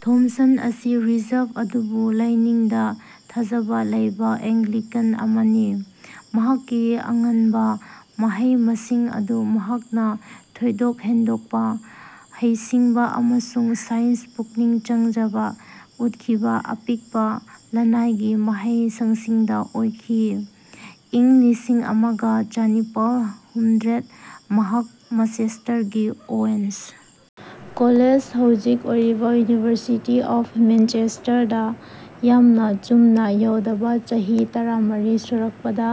Thomson ꯑꯁꯤ reserve ꯑꯗꯨꯕꯨ ꯂꯥꯏꯅꯤꯡꯗ ꯊꯥꯖꯕ ꯂꯩꯕ ꯑꯦꯡꯒ꯭ꯂꯤꯀꯥꯟ ꯑꯃꯅꯤ꯫ ꯃꯍꯥꯛꯀꯤ ꯑꯉꯟꯕ ꯃꯍꯩ-ꯃꯁꯤꯡ ꯑꯗꯨ ꯃꯍꯥꯛꯅ ꯊꯣꯏꯗꯣꯛ-ꯍꯦꯟꯗꯣꯛꯄ ꯍꯩꯁꯤꯡꯕ ꯑꯃꯁꯨꯡ ꯁꯥꯏꯟꯁ ꯄꯨꯛꯅꯤꯡ ꯆꯪꯖꯕ ꯎꯠꯈꯤꯕ ꯑꯄꯤꯛꯄ ꯂꯅꯥꯏꯒꯤ ꯃꯍꯩꯁꯪꯁꯤꯡꯗ ꯑꯣꯏꯈꯤ꯫ ꯏꯪ ꯂꯤꯁꯤꯡ ꯑꯃꯒ ꯆꯅꯤꯄꯥꯜ ꯍꯨꯝꯗ꯭ꯔꯦꯗ ꯃꯍꯥꯛ ꯃꯦꯟꯆꯦꯁꯇꯔꯒꯤ ꯑꯣꯋꯦꯟꯁ ꯀꯣꯂꯦꯖ (ꯍꯧꯖꯤꯛ ꯑꯣꯏꯔꯤꯕ ꯌꯨꯅꯤꯚꯔꯁꯤꯇꯤ ꯑꯣꯐ ꯃꯥꯟꯆꯦꯁꯇꯔ) ꯗ ꯌꯥꯝꯅ ꯆꯨꯝꯅ ꯌꯥꯎꯗꯕ ꯆꯍꯤ ꯇꯔꯥꯃꯔꯤ ꯁꯨꯔꯛꯄꯗ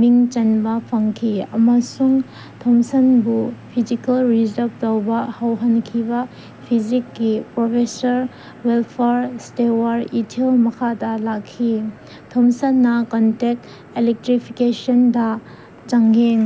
ꯃꯤꯡ ꯆꯟꯕ ꯐꯪꯈꯤ ꯑꯃꯁꯨꯡ ꯊꯣꯝꯁꯟꯕꯨ ꯐꯤꯖꯤꯀꯦꯜ ꯔꯤꯖ꯭ꯔꯦꯛ ꯇꯧꯕ ꯍꯧꯍꯟꯈꯤꯕ ꯐꯤꯖꯤꯛꯀꯤ ꯄ꯭ꯔꯣꯐꯦꯁꯔ ꯕꯦꯜꯐꯣꯔ ꯁ꯭ꯇꯤꯋꯦꯠꯀꯤ ꯏꯊꯤꯜ ꯃꯈꯥꯗ ꯂꯥꯛꯈꯤ꯫ ꯊꯣꯝꯁꯟꯅ ꯀꯣꯟꯇꯦꯛ ꯏꯂꯦꯛꯇ꯭ꯔꯤꯐꯤꯀꯦꯁꯟꯗ ꯆꯥꯡꯌꯦꯡ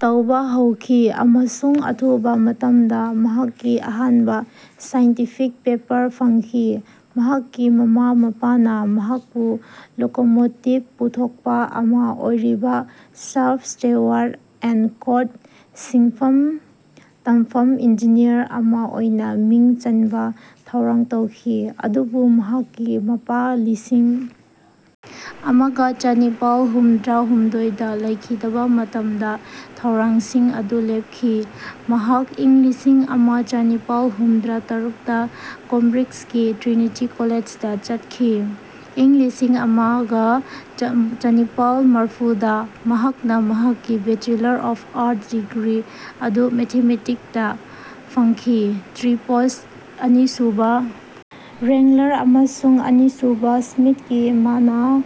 ꯇꯧꯕ ꯍꯧꯈꯤ ꯑꯃꯁꯨꯡ ꯑꯊꯨꯕ ꯃꯇꯝꯗ ꯃꯍꯥꯛꯀꯤ ꯑꯍꯥꯟꯕ ꯁꯥꯏꯟꯇꯤꯐꯤꯛ ꯄꯦꯄꯔ ꯐꯪꯈꯤ꯫ ꯃꯍꯥꯛꯀꯤ ꯃꯃꯥ-ꯃꯄꯥꯅ ꯃꯍꯥꯛꯄꯨ ꯂꯣꯀꯣꯃꯣꯇꯤꯞ ꯄꯨꯊꯣꯛꯄ ꯑꯃ ꯑꯣꯏꯔꯤꯕ, ꯁꯔꯞ, ꯁ꯭ꯇꯤꯋꯥꯔꯠ ꯑꯦꯟꯗ ꯀꯣꯗ ꯁꯤꯟꯐꯝ ꯇꯝꯐꯝ ꯏꯟꯖꯤꯅꯤꯌꯔ ꯑꯃ ꯑꯣꯏꯅ ꯃꯤꯡ ꯆꯟꯕ ꯊꯧꯔꯥꯡ ꯇꯧꯈꯤ, ꯑꯗꯨꯕꯨ ꯃꯍꯥꯛꯀꯤ ꯃꯄꯥ ꯂꯤꯁꯤꯡ ꯑꯃꯒ ꯆꯅꯤꯄꯥꯜ ꯍꯨꯝꯗ꯭ꯔꯥꯍꯨꯝꯗꯣꯏꯗ ꯂꯩꯈꯤꯗꯕ ꯃꯇꯝꯗ ꯊꯧꯔꯥꯡꯁꯤꯡ ꯑꯗꯨ ꯂꯦꯞꯈꯤ꯫ ꯃꯍꯥꯛ ꯏꯪ ꯂꯤꯁꯤꯡ ꯑꯃꯒ ꯆꯅꯤꯄꯥꯜ ꯍꯨꯝꯗ꯭ꯔꯥꯇꯔꯨꯛꯗ ꯀꯦꯝꯕ꯭ꯔꯤꯖꯀꯤ ꯇ꯭ꯔꯤꯅꯤꯇꯤ ꯀꯣꯂꯦꯖꯗ ꯆꯠꯈꯤ꯫ ꯏꯪ ꯂꯤꯁꯤꯡ ꯑꯃꯒ ꯆꯥ ꯆꯅꯤꯄꯥꯜ ꯃꯔꯐꯨꯗ ꯃꯍꯥꯛꯅ ꯃꯍꯥꯛꯀꯤ ꯕꯦꯆꯦꯂꯔ ꯑꯣꯐ ꯑꯥꯔꯠꯁ ꯗꯤꯒ꯭ꯔꯤ ꯑꯗꯨ ꯃꯦꯊꯃꯦꯇꯤꯛꯇ ꯐꯪꯈꯤ(ꯇ꯭ꯔꯤꯄꯣꯁ ꯑꯅꯤꯁꯨꯕ ꯋ꯭ꯔꯦꯡꯂꯔ ꯑꯃꯁꯨꯡ ꯑꯅꯤꯁꯨꯕ ꯁ꯭ꯃꯤꯊꯀꯤ ꯃꯅꯥ)꯫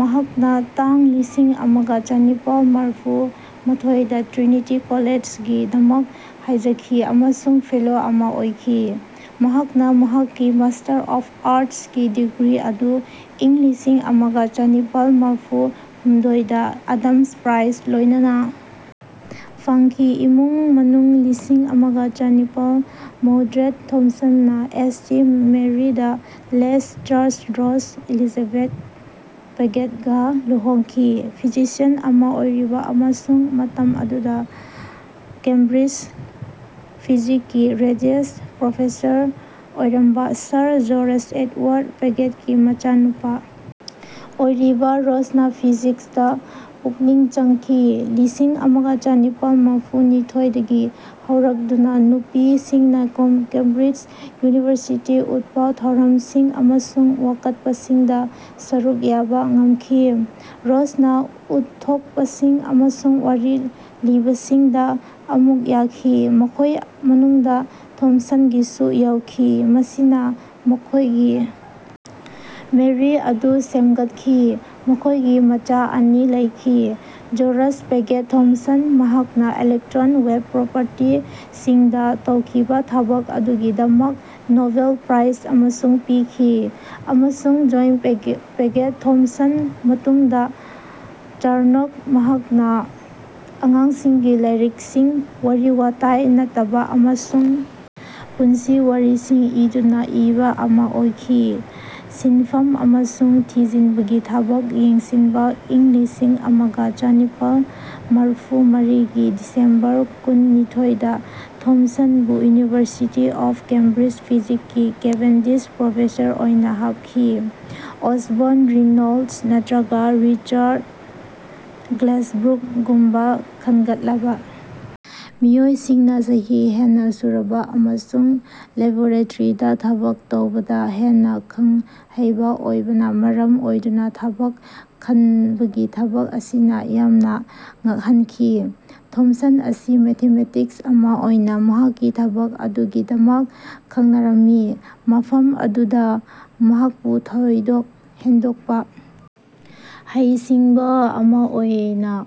ꯃꯍꯥꯛꯅ ꯏꯪ ꯂꯤꯁꯤꯡ ꯑꯃꯒ ꯆꯅꯤꯄꯥꯜ ꯃꯔꯐꯨꯃꯥꯊꯣꯏꯗ ꯇ꯭ꯔꯤꯅꯤꯇꯤ ꯀꯣꯂꯦꯖꯒꯤꯗꯃꯛ ꯍꯥꯏꯖꯈꯤ ꯑꯃꯁꯨꯡ ꯐꯦꯂꯣ ꯑꯃ ꯑꯣꯏꯈꯤ꯫ ꯃꯍꯥꯛꯅ ꯃꯍꯥꯛꯀꯤ ꯃꯥꯁꯇꯔ ꯑꯣꯐ ꯑꯥꯔꯠꯁꯀꯤ ꯗꯤꯒ꯭ꯔꯤ ꯑꯗꯨ ꯏꯪ ꯂꯤꯁꯤꯡ ꯑꯃꯒ ꯆꯅꯤꯄꯥꯜ ꯃꯔꯐꯨꯍꯨꯝꯗꯣꯏꯗ ꯑꯗꯝꯁ ꯄ꯭ꯔꯥꯏꯖ ꯂꯣꯏꯅꯅ ꯐꯪꯈꯤ꯫ ꯏꯃꯨꯡ ꯃꯅꯨꯡ ꯂꯤꯁꯤꯡ ꯑꯃꯒ ꯆꯅꯤꯄꯥꯜ ꯃꯧꯗ꯭ꯔꯥꯗ ꯊꯣꯝꯁꯟꯅ ꯁꯦꯟꯠ ꯃꯦꯔꯤ ꯗ ꯂꯦꯁ ꯆꯔꯆꯇ ꯔꯣꯖ ꯏꯂꯤꯁꯥꯕꯠ ꯄꯦꯒꯦꯠꯒ ꯂꯨꯍꯣꯡꯈꯤ꯫ ꯐꯤꯖꯤꯛꯁꯤꯌꯟ ꯑꯃ ꯑꯣꯏꯔꯤꯕ ꯑꯃꯁꯨꯡ ꯃꯇꯝ ꯑꯗꯨꯗ ꯀꯦꯝꯕ꯭ꯔꯤꯖꯇ ꯐꯤꯖꯤꯛꯁꯀꯤ ꯔꯦꯖꯤꯌꯁ ꯄ꯭ꯔꯣꯐꯦꯁꯔ ꯑꯣꯏꯔꯝꯕ ꯁꯔ ꯖꯣꯔ꯭ꯖ ꯑꯦꯗꯋꯥꯔ꯭ꯗ ꯄꯦꯒꯦꯠꯀꯤ ꯃꯆꯥꯅꯨꯄꯤ ꯑꯣꯏꯔꯤꯕ ꯔꯣꯖꯅ ꯐꯤꯖꯤꯛꯁꯇ ꯄꯨꯛꯅꯤꯡ ꯆꯪꯈꯤ꯫ ꯂꯤꯁꯤꯡ ꯑꯃꯒ ꯆꯅꯤꯄꯥꯜ ꯃꯔꯐꯨꯅꯤꯊꯣꯏꯗꯒꯤ ꯍꯧꯔꯗꯨꯅ ꯅꯨꯄꯤꯁꯤꯡꯅ ꯀꯦꯝꯕ꯭ꯔꯤꯖ ꯌꯨꯅꯤꯚꯔꯁꯤꯇꯤꯗ ꯎꯠꯄ ꯊꯧꯔꯝꯁꯤꯡ ꯑꯃꯁꯨꯡ ꯋꯥꯀꯠꯄꯁꯤꯡꯗ ꯁꯔꯨꯛ ꯌꯥꯕ ꯉꯝꯈꯤ꯫ ꯔꯣꯖꯅ ꯎꯠꯊꯣꯛꯄꯁꯤꯡ ꯑꯃꯁꯨꯡ ꯋꯥꯔꯤ ꯂꯤꯕꯁꯤꯡꯗ ꯁꯔꯨꯛ ꯌꯥꯈꯤ, ꯃꯈꯣꯏ ꯃꯅꯨꯡꯗ ꯊꯣꯝꯁꯟꯒꯤꯁꯨ ꯌꯥꯎꯈꯤ, ꯃꯁꯤꯅ ꯃꯈꯣꯏꯒꯤ ꯃꯔꯤ ꯑꯗꯨ ꯁꯦꯝꯒꯠꯈꯤ꯫ ꯃꯈꯣꯏꯒꯤ ꯃꯆꯥ ꯑꯅꯤ ꯂꯩꯈꯤ: ꯖꯣꯔ꯭ꯖ ꯄꯦꯒꯦꯠ ꯊꯣꯝꯁꯟ, ꯃꯍꯥꯛꯅ ꯏꯂꯦꯛꯇ꯭ꯔꯣꯟ ꯋꯦꯞ ꯄ꯭ꯔꯣꯄꯔꯇꯤꯁꯤꯡꯗ ꯇꯧꯈꯤꯕ ꯊꯕꯛ ꯑꯗꯨꯒꯤꯗꯃꯛ ꯅꯣꯕꯦꯜ ꯄ꯭ꯔꯥꯏꯖ ꯑꯃꯁꯨ ꯄꯤꯈꯤ, ꯑꯃꯁꯨꯡ ꯖꯣꯌꯟ ꯄꯦꯒꯦꯠ ꯊꯥꯝꯁꯟ (ꯃꯇꯨꯡꯗ ꯆꯥꯔꯅꯣꯛ), ꯃꯍꯥꯛꯅ ꯑꯉꯥꯡꯁꯤꯡꯒꯤ ꯂꯥꯏꯔꯤꯛꯁꯤꯡ, ꯋꯥꯔꯤ-ꯋꯥꯇꯥꯏ ꯅꯠꯇꯕ ꯑꯃꯁꯨꯡ ꯄꯨꯟꯁꯤ ꯋꯥꯔꯤꯁꯤꯡ ꯏꯗꯨꯅ ꯑꯏꯕ ꯑꯃ ꯑꯣꯏꯈꯤ꯫ ꯁꯤꯟꯐꯝ ꯑꯃꯁꯨꯡ ꯊꯤꯖꯤꯟꯕꯒꯤ ꯊꯕꯛ ꯌꯦꯡꯁꯤꯟꯕ ꯏꯪ ꯂꯤꯁꯤꯡ ꯑꯃꯒ ꯆꯅꯤꯄꯥꯜ ꯃꯔꯐꯨꯃꯔꯤꯒꯤ ꯗꯤꯁꯦꯝꯕꯔ ꯀꯨꯟꯅꯤꯊꯣꯏꯗ ꯊꯣꯝꯁꯟꯕꯨ ꯌꯨꯅꯤꯚꯔꯁꯤꯇꯤ ꯑꯣꯐ ꯀꯦꯝꯕ꯭ꯔꯤꯖ ꯐꯤꯖꯤꯛꯀꯤ ꯀꯦꯚꯦꯟꯗꯤꯁ ꯄ꯭ꯔꯣꯐꯦꯁꯔ ꯑꯣꯏꯅ ꯍꯥꯞꯈꯤ꯫ ꯑꯣꯁꯕꯣꯔꯟ ꯔꯦꯅꯣꯜꯗ꯭ꯁ ꯅꯠꯇ꯭ꯔꯒ ꯔꯤꯆꯥ꯭ꯔꯠ ꯒ꯭ꯂꯦꯖꯕ꯭ꯔꯨꯛꯒꯨꯝꯕ ꯈꯟꯒꯠꯂꯕ ꯃꯤꯑꯣꯏꯁꯤꯡꯅ ꯆꯍꯤ ꯍꯦꯟꯅ ꯁꯨꯔꯕ ꯑꯃꯁꯨꯡ ꯂꯦꯕꯣꯔꯦꯇꯔꯤꯗ ꯊꯕꯛ ꯇꯧꯕꯗ ꯍꯦꯟꯅ ꯈꯪ-ꯍꯩꯕ ꯑꯣꯏꯕꯅ ꯃꯔꯝ ꯑꯣꯏꯗꯨꯅ ꯊꯕꯛ ꯈꯟꯕꯒꯤ ꯊꯕꯛ ꯑꯁꯤꯅ ꯌꯥꯝꯅ ꯉꯛꯍꯟꯈꯤ꯫ ꯊꯣꯝꯁꯟ ꯑꯁꯤ ꯃꯦꯊꯥꯃꯦꯇꯤꯁ ꯑꯃ ꯑꯣꯏꯅ ꯃꯍꯥꯛꯀꯤ ꯊꯕꯛ ꯑꯗꯨꯒꯤꯗꯃꯛ ꯈꯪꯅꯔꯝꯃꯤ, ꯃꯐꯝ ꯑꯗꯨꯗ ꯃꯍꯥꯛꯄꯨ ꯊꯣꯏꯗꯣꯛ ꯍꯦꯟꯗꯣꯛꯄ ꯍꯩꯁꯤꯡꯕ ꯑꯃ ꯑꯣꯏꯅ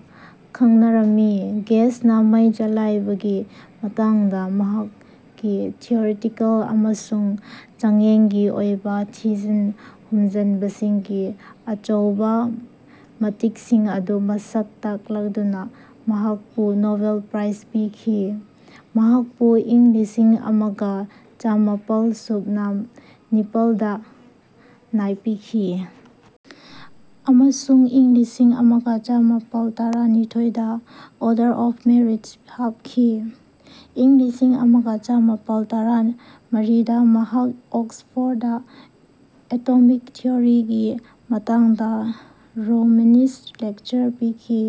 ꯈꯪꯅꯔꯝꯃꯤ꯫ "ꯒꯦꯁꯅ ꯃꯩ ꯆꯂꯥꯏꯕꯒꯤ ꯃꯇꯥꯡꯗ ꯃꯍꯥꯛꯀꯤ ꯊꯤꯑꯣꯔꯤꯇꯤꯀꯦꯜ ꯑꯃꯁꯨꯡ ꯆꯥꯡꯌꯦꯡꯒꯤ ꯑꯣꯏꯕ ꯊꯤꯖꯟ ꯍꯨꯝꯖꯟꯕꯁꯤꯡꯒꯤ ꯑꯆꯧꯕ ꯃꯇꯤꯛꯁꯤꯡ ꯑꯗꯨ ꯃꯁꯛ ꯇꯥꯛꯂꯗꯨꯅ" ꯃꯍꯥꯛꯄꯨ ꯅꯣꯕꯦꯜ ꯄ꯭ꯔꯥꯏꯖ ꯄꯤꯈꯤ꯫ ꯃꯍꯥꯛꯄꯨ ꯏꯪ ꯂꯤꯁꯤꯡ ꯑꯃꯒ ꯆꯃꯥꯄꯜ ꯁꯨꯞꯅ ꯅꯤꯄꯥꯜꯗ ꯅꯥꯏꯠ ꯄꯤꯈꯤ ꯑꯃꯁꯨꯡ ꯏꯪ ꯂꯤꯁꯤꯡ ꯑꯃꯒ ꯆꯃꯥꯄꯜ ꯇꯔꯥꯅꯤꯊꯣꯏꯗ ꯑꯣꯔꯗꯔ ꯑꯣꯐ ꯃꯦꯔꯤꯠ ꯍꯥꯞꯈꯤ꯫ ꯏꯪ ꯂꯤꯁꯤꯡ ꯑꯃꯒ ꯆꯃꯥꯄꯜ ꯇꯔꯥꯃꯔꯤꯗ ꯃꯍꯥꯛꯅ ꯑꯣꯛ꯭ꯁꯐꯣꯔ꯭ꯗꯇ "ꯗ ꯑꯦꯇꯣꯃꯤꯛ ꯊꯤꯑꯣꯔꯤ" ꯒꯤ ꯃꯇꯥꯡꯗ ꯔꯣꯃꯥꯅꯦꯁ ꯂꯦꯛꯆꯔ ꯄꯤꯈꯤ꯫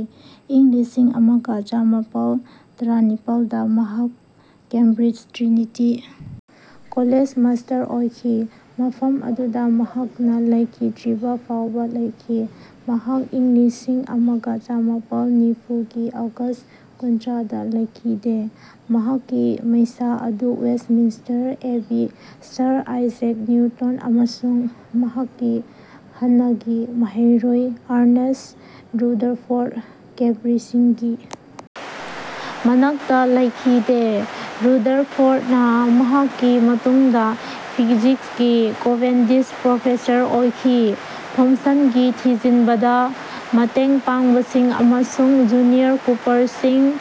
ꯏꯪ ꯂꯤꯁꯤꯡ ꯑꯃꯒ ꯆꯃꯥꯄꯜ ꯇꯔꯥꯅꯤꯄꯥꯜꯗ ꯃꯍꯥꯛ ꯀꯦꯝꯕ꯭ꯔꯤꯖ ꯇ꯭ꯔꯤꯅꯤꯇꯤ ꯀꯣꯂꯦꯖꯇ ꯃꯥꯁꯇꯔ ꯑꯣꯏꯈꯤ, ꯃꯐꯝ ꯑꯗꯨꯗ ꯃꯍꯥꯛꯅ ꯂꯩꯈꯤꯗ꯭ꯔꯤꯕ ꯐꯥꯎꯕ ꯂꯩꯈꯤ꯫ ꯃꯍꯥꯛ ꯏꯪ ꯂꯤꯁꯤꯡ ꯑꯃꯒ ꯆꯃꯥꯄꯜ ꯅꯤꯐꯨꯒꯤ ꯑꯣꯒꯁ ꯀꯨꯟꯊ꯭ꯔꯥꯗ ꯂꯩꯈꯤꯗꯦ, ꯃꯍꯥꯛꯀꯤ ꯃꯩꯁꯥ ꯑꯗꯨ Westminster Abbey, sir Isaac Newton ꯑꯃꯁꯨꯡ ꯃꯍꯥꯛꯀꯤ ꯍꯥꯟꯅꯒꯤ ꯃꯍꯩꯔꯣꯏ ꯑꯔꯅꯦꯁ ꯔꯨꯗꯔꯐꯣꯔꯠ ꯀꯕ꯭ꯔꯁꯤꯡꯒꯤ ꯃꯅꯥꯛꯇ ꯂꯩꯈꯤꯗꯦ꯫ ꯔꯨꯗꯔꯐꯣꯔꯠꯅ ꯃꯍꯥꯛꯀꯤ ꯃꯇꯨꯡꯗ ꯐꯤꯖꯤꯛꯁꯀꯤ ꯀꯦꯚꯦꯟꯗꯤꯁ ꯄ꯭ꯔꯣꯐꯦꯁꯔ ꯑꯣꯏꯈꯤ꯫ ꯊꯣꯝꯁꯟꯒꯤ ꯊꯤꯖꯤꯟꯕꯗ ꯃꯇꯦꯡ ꯄꯥꯡꯕꯁꯤꯡ ꯑꯃꯁꯨꯡ ꯖ꯭ꯌꯨꯅꯤꯌꯔ ꯀꯣꯑꯣꯄꯔꯁꯤꯡ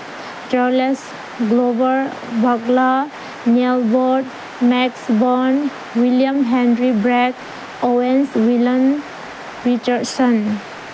(Charles Glover Barkla, Niels Bohr, Max Born, William Henry Bragg, Owen Willans Richardson